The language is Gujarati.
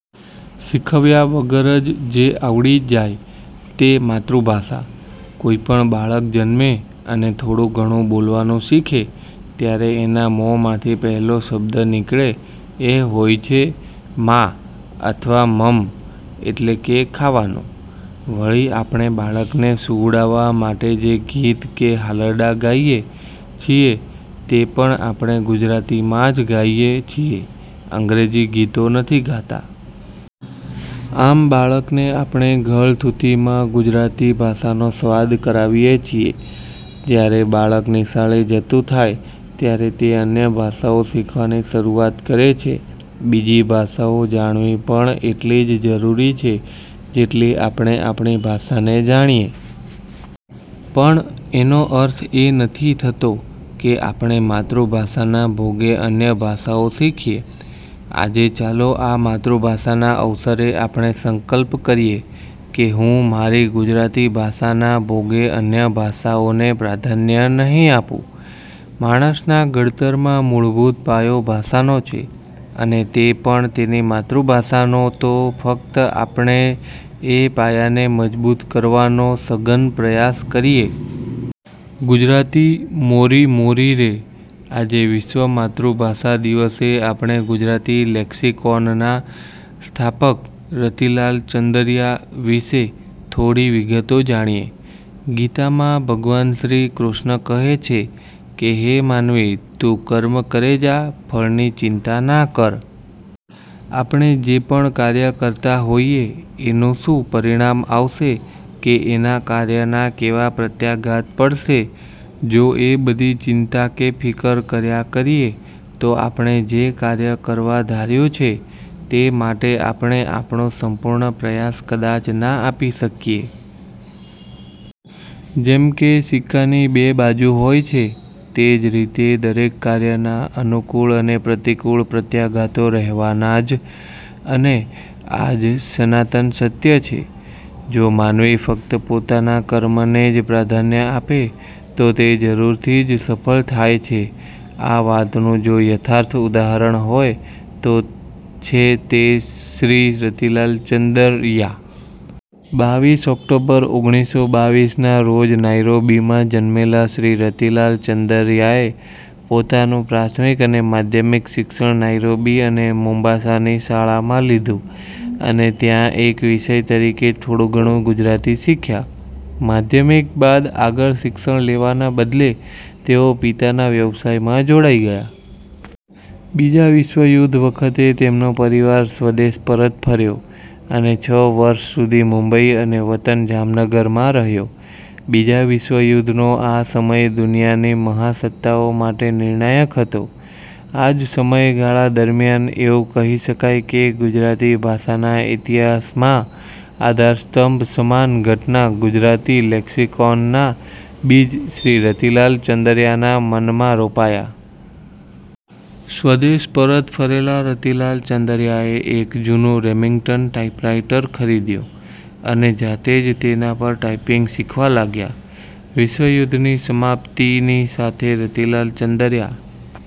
શીખવ્યા વગર જ જે આવડી જાય તે માતૃભાષા. કોઈપણ બાળક જન્મે અને થોડું ઘણું બોલવાનું શીખે ત્યારે એના મોંમાથી પહેલો શબ્દ નીકળે એ હોય છે મા અથવા મમ એટલે કે ખાવાનું. વળી આપણે બાળકને સૂવડાવવા માટે જે ગીત કે હાલરડાં ગાઈએ છીએ તે પણ આપણે ગુજરાતીમાં જ ગાઈએ છીએ અંગ્રેજી ગીતો નથી ગાતા. આમ બાળકને આપણે ગળથૂથીમાં ગુજરાતી ભાષાનો સ્વાદ કરાવીએ છીએ. જ્યારે બાળક નિશાળે જતું થાય ત્યારે તે અન્ય ભાષાઓ શીખવાની શરુઆત કરે છે. બીજી ભાષાઓ જાણવી પણ એટલી જ જરૂરી છે જેટલી આપણે આપણી ભાષાને જાણીએ. પણ એનો અર્થ એ નથી થતો કે આપણે માતૃભાષાના ભોગે અન્ય ભાષાઓ શીખીએ. આજે ચાલો આ માતૃભાષાના અવસરે આપણે સંકલ્પ કરીએ કે હું મારી ગુજરાતી ભાષાના ભોગે અન્ય ભાષાઓને પ્રાધાન્ય નહીં આપું. માણસના ઘડતરમાં મૂળભૂત પાયો ભાષાનો છે અને તે પણ તેની માતૃભાષાનો તો ફક્ત આપણે એ પાયાને મજબૂત કરવાનો સઘન પ્રયાસ કરીએ. ગુજરાતી મોરી મોરી રે.. આજે વિશ્વ માતૃભાષા દિવસે આપણે ગુજરાતી લેક્સિકોનના સ્થાપક રતિલાલ ચંદરયા વિશે થોડી વિગતો જાણીએ. ગીતામાં ભગવાનશ્રી કૃષ્ણ કહે છે કે, "હે માનવી તું કર્મ કરે જા, ફળની ચિંતા ના કર". આપણે જે પણ કાર્ય કરતાં હોઈએ એનું શું પરિણામ આવશે કે એના કાર્યના કેવા પ્રત્યાઘાત પડશે, જો એ બધી ચિંતા કે ફિકર કર્યા કરીએ તો, આપણે જે કાર્ય કરવા ધાર્યું છે તે માટે આપણે આપણો સંપૂર્ણ પ્રયાસ કદાચ ના આપી શકીએ. જેમ કે સિક્કાની બે બાજુ હોય છે તે જ રીતે દરેક કાર્યના અનુકૂળ અને પ્રતિકૂળ પ્રત્યાઘાતો રહેવાના જ અને આ જ સનાતન સત્ય છે. જો માનવી ફકત પોતાના કર્મને જ પ્રાધાન્ય આપે તો તે જરૂરથી જ સફળ થાય છે આ વાતનું જો યથાર્થ ઉદાહરણ હોય તો છે તે શ્રી રતિલાલ ચંદરયા. બાવીસ ઓક્ટોબર ઓગણીસો બાવીસ ના રોજ નાઈરોબીમાં જન્મેલા શ્રી રતિલાલ ચંદરયાએ પોતાનું પ્રાથમિક અને માધ્યમિક શિક્ષણ નાઈરોબી અને મોમ્બાસાની શાળામાં લીધું અને ત્યાં એક વિષય તરીકે થોડું ઘણું ગુજરાતી શીખ્યા. માધ્યમિક બાદ આગળ શિક્ષણ લેવાના બદલે તેઓ પિતાના વ્યવસાયમાં જોડાઈ ગયા. બીજા વિશ્વયુદ્ધ વખતે તેમનો પરિવાર સ્વદેશ પરત ફર્યો અને છ વર્ષ સુધી મુંબઈ અને વતન જામનગરમાં રહ્યો. બીજા વિશ્વયુદ્ધનો આ સમય દુનિયાની મહાસત્તાઓ માટે નિર્ણાયક હતો. આ જ સમય ગાળા દરમ્યાન એવું કહી શકાય કે ગુજરાતી ભાષાના ઇતિહાસમાં આધારસ્તંભ સમાન ઘટના ગુજરાતીલેક્સિકોનના બીજ શ્રી રતિલાલ ચંદરયાના મનમાં રોપાયા. સ્વદેશ પરત ફરેલા રતિલાલ ચંદરયાએ એક જૂનુ રેમિંગ્ટન ટાઇપરાઇટર ખરીદ્યું અને જાતે જ તેના પર ટાઇપીંગ શીખવા લાગ્યા. વિશ્વયુદ્ધની સમાપ્તિની સાથે રતિલાલ ચંદરયા